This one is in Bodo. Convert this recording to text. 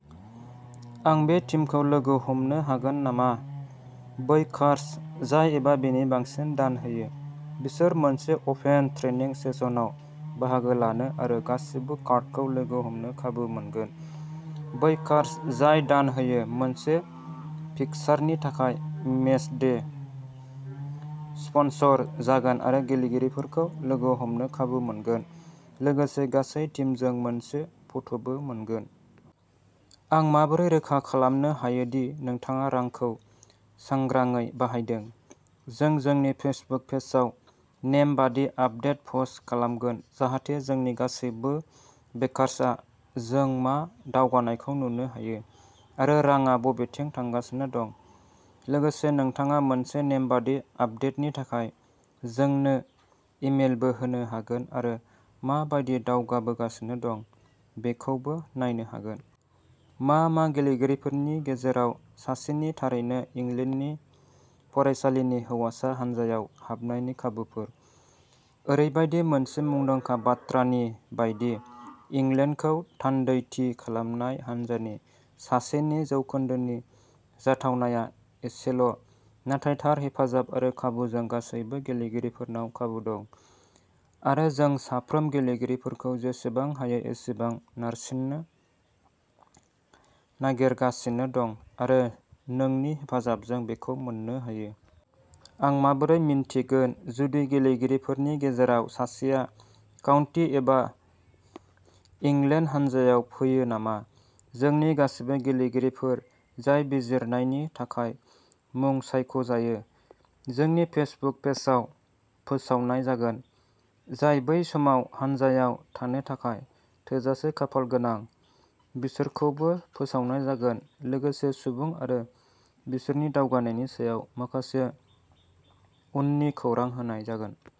आं बे टीमखौ लोगो हमनो हागोन नामा? -बैकार्स जाय एबा बेनि बांसिन दान होयो, बिसोर मोनसे अपेन ट्रेनिं सेसनआव बाहागो लानो आरो गासिबो स्काडखौ लोगो हमनो खाबु मोनगोन, बैकार्स जाय दान होयो, मोनसे फिक्सारनि थाखाय मेच डे स्पन्सर जागोन आरो गेलेगिरिफोरखौ लोगो हमनो खाबु मोनगोन लोगोसे गासै टीमजों मोनसे फट'बो मोनगोन। आं माबोरै रोखा खालामनो हायो दि नोंथाङा रांखौ सांग्राङै बाहायदों? -जों जोंनि फेसबुक पेजआव नेमबादि आपडेट पस्ट खालामगोन जाहाथे जोंनि गासैबो बेकार्सआ जों मा दावगानायखौ नुनो हायो आरो रांआ बबेथिं थांगासिनो दं, लोगोसे नोंथाङा मोनसे नेमबादि आपडेटनि थाखाय जोंनो इमेलबो होनो हागोन आरो मा बायदि दावगाबोगासिनो दं बेखौबो नायनो हागोन। मा मा? गेलेगिरिफोरनि गेजेराव सासेनि थारैनो इंलेन्डनि फरायसालिनि हौवासा हान्जायाव हाबनायनि खाबुफोर? -ओरैबायदि मोनसे मुंदांखा बाथ्रानि बायदि, इंलेन्डखौ थान्दैथि खालामनाय हानजानि सासेनि जौखोन्दोनि जाथावनाया एसेल ', नाथाय थार हेफाजाब आरो खाबुजों गासैबो गेलेगिरिफोरनाव खाबु दं, आरो जों साफ्रोम गेलेगिरिफोरखौ जेसेबां हायो एसेबां नारसिन्नो नागिरगासिनो दं आरो नोंनि हेफाजाबजों बेखौ मोन्नो हायो। आं माबोरै मिन्थिगोन जुदि गेलेगिरिफोरनि गेजेराव सासेया काउन्टी एबा इंलेन्ड हान्जायाव फैयो नामा? -जोंनि गासिबो गेलेगिरिफोर जाय बिजिरनायनि थाखाय मुं सायख'जायो, जोंनि फेसबुक पेजआव फोसावनाय जागोन, जाय बै समाव हान्जायाव थानो थाखाय थोजासे खाफालगोनां, बिसोरखौबो फोसावनाय जागोन लोगोसे सुबुं आरो बिसोरनि दावगानायनि सायाव माखासे उननु खौरां होनाय जागोन।